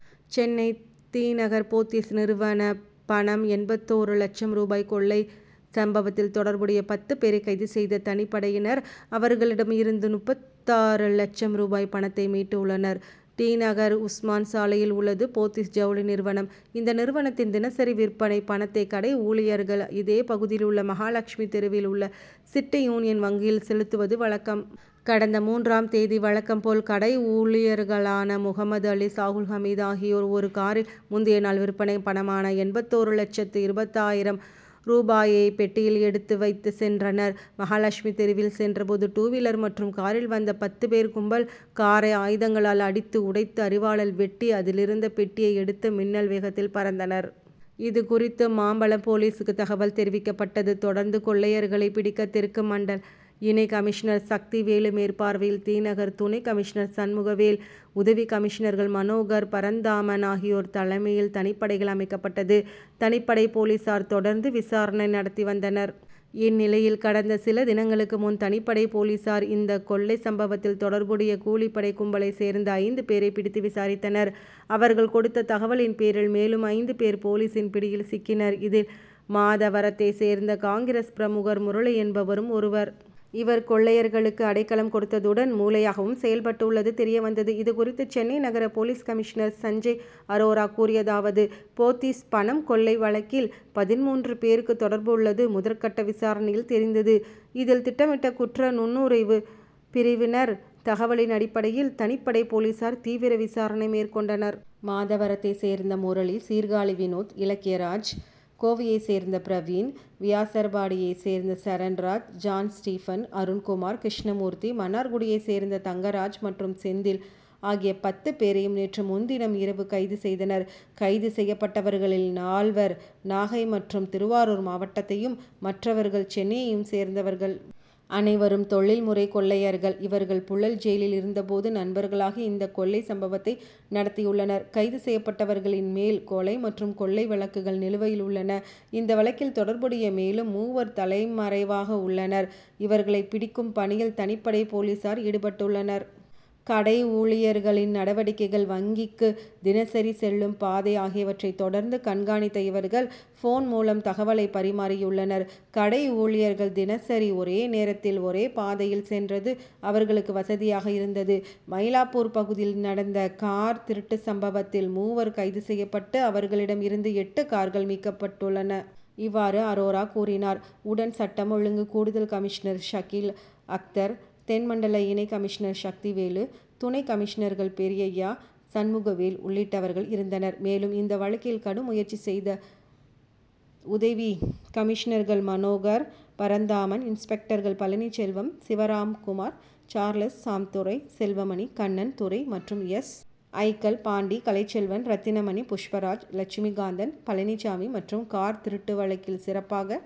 சென்னை தி. நகர், போத்தீஸ் நிறுவன பணம் எண்பத்தொரு லட்சம் ரூபாய் கொள்ளை சம்பவத்தில் தொடர்புடைய பத்து பேரை கைது செய்த தனிப்படையினர், அவர்களிடம் இருந்து முப்பத்தாறு லட்சம் ரூபாய் பணத்தை மீட்டுள்ளனர். தி. நகர் உஸ்மான் சாலையில் உள்ளது போத்தீஸ் ஜவுளி நிறுவனம். இந்த நிறுவனத்தின் தினசரி விற்பனை பணத்தை, கடை ஊழியர்கள், இதே பகுதியில் உள்ள மகாலட்சுமி தெருவில் உள்ள சிட்டி யூனியன் வங்கியில் செலுத்துவது வழக்கம். கடந்த மூன்றாம் தேதி வழக்கம் போல் கடை ஊழியர்களான முகமது அலி, சாகுல் ஹமீது ஆகியோர் ஒரு காரில், முந்தைய நாள் விற்பனை பணமான எண்பத்தொரு லட்சத்து இருபதாயிரம் ரூபாயை பெட்டியில் வைத்து எடுத்துச் சென்றனர். மகாலட்சுமி தெருவில் சென்ற போது, டூவீலர் மற்றும் காரில் வந்த பத்து பேர் கும்பல், காரை ஆயுதங்களால் அடித்து உடைத்து, அரிவாளால் வெட்டி, அதிலிருந்த பெட்டியை எடுத்து மின்னல் வேகத்தில் பறந்தனர். இதுகுறித்து, மாம்பலம் போலீசுக்கு தகவல் தெரிவிக்கப்பட்டது. தொடர்ந்து கொள்ளையர்களைப் பிடிக்க, தெற்கு மண்டல இணை கமிஷனர் சக்திவேலு மேற்பார்வையில் தி. நகர் துணை கமிஷனர் சண்முகவேல், உதவி கமிஷனர்கள் மனோகர், பரந்தாமன் ஆகியோர் தலைமையில் தனிப்படைகள் அமைக்கப்பட்டது. தனிப்படை போலீசார் தொடர்ந்து விசாரணை நடத்தி வந்தனர். இந்நிலையில், கடந்த சில தினங்களுக்கு முன், தனிப்படை போலீசார் இந்த கொள்ளை சம்பவத்தில் தொடர்புடைய கூலிப்படை கும்பலைச் சேர்ந்த ஐந்து பேரை பிடித்து விசாரித்தனர். அவர்கள் கொடுத்த தகவலின் பேரில், மேலும் ஐந்து பேர் போலீசின் பிடியில் சிக்கினர். இதில், மாதவரத்தைச் சேர்ந்த காங்கிரஸ் பிரமுகர் முரளி என்பவரும் ஒருவர். இவர், கொள்ளையர்களுக்கு அடைக்கலம் கொடுத்ததுடன், மூளையாகவும் செயல்பட்டுள்ளது தெரிய வந்தது. இதுகுறித்து, சென்னை நகர போலீஸ் கமிஷனர் சஞ்சய் அரோரா கூறியதாவது: போத்தீஸ் பணம் கொள்ளை வழக்கில், பதின்மூன்று பேருக்கு தொடர்புள்ளது முதற்கட்ட விசாரணையில் தெரிந்தது. இதில், திட்டமிட்ட குற்ற நுண்ணறிவுப் பிரிவினர் தகவலின் அடிப்படையில் தனிப்படை போலீசார் தீவிர விசாரணை மேற்கொண்டனர். மாதவரத்தைச் சேர்ந்த முரளி, சீர்காழி வினோத், இலக்கியராஜ், கோவையைச் சேர்ந்த பிரவீன், வியாசர்பாடியைச் சேர்ந்த சரண்ராஜ், ஜான் ஸ்டீபன், அருண்குமார், கிருஷ்ணமூர்த்தி, மன்னார்குடியைச் சேர்ந்த தங்கராஜ் மற்றும் செந்தில் ஆகிய பத்து பேரையும் நேற்று முன்தினம் இரவு கைது செய்தனர். கைது செய்யப்பட்டவர்களில் நால்வர், நாகை மற்றும் திருவாரூர் மாவட்டத்தையும், மற்றவர்கள் சென்னையையும் சேர்ந்தவர்கள். அனைவரும் தொழில் முறை கொள்ளையர்கள். இவர்கள் புழல் ஜெயிலில் இருந்த போது நண்பர்களாகி இந்த கொள்ளை சம்பவத்தை நடத்தியுள்ளனர். கைது செய்யப்பட்டவர்களின் மேல், கொலை மற்றும் கொள்ளை வழக்குகள் நிலுவையில் உள்ளன. இந்த வழக்கில் தொடர்புடைய மேலும் மூவர் தலைமறைவாக உள்ளனர். இவர்களை பிடிக்கும் பணியில் தனிப்படை போலீசார் ஈடுபட்டுள்ளனர். கடை ஊழியர்களின் நடவடிக்கைகள், வங்கிக்கு தினசரி செல்லும் பாதை ஆகியவற்றை தொடர்ந்து கண்காணித்த இவர்கள், போன் மூலம் தகவலை பரிமாறியுள்ளனர். கடை ஊழியர்கள் தினசரி ஒரே நேரத்தில், ஒரே பாதையில் சென்றது அவர்களுக்கு வசதியாக இருந்தது. மயிலாப்பூர் பகுதியில் நடந்த கார் திருட்டு சம்பவத்தில், மூவர் கைது செய்யப்பட்டு அவர்களிடம் இருந்து எட்டு கார்கள் மீட்கப்பட்டுள்ளன. இவ்வாறு அரோரா கூறினார். உடன், சட்டம் ஒழுங்கு கூடுதல் கமிஷனர் ஷகீல் அக்தர், தென்மண்டல இணை கமிஷனர் சக்திவேலு, துணை கமிஷனர்கள் பெரியய்யா, சண்முகவேல் உள்ளிட்டவர்கள் இருந்தனர். மேலும், இந்த வழக்கில் கடும் முயற்சி எடுத்த உதவி கமிஷனர்கள் மனோகர், பரந்தாமன், இன்ஸ்பெக்டர்கள் பழனிசெல்வம், சிவராம்குமார், சார்லஸ் சாம்துரை, செல்வமணி, கண்ணன், துரை மற்றும் எஸ். ஐ.,க்கள் பாண்டி, கலைச்செல்வன், ரத்தினமணி, புஷ்பராஜ், லட்சுமி காந்தன், பழனிச்சாமி மற்றும் கார் திருட்டு வழக்கில் சிறப்பாகச்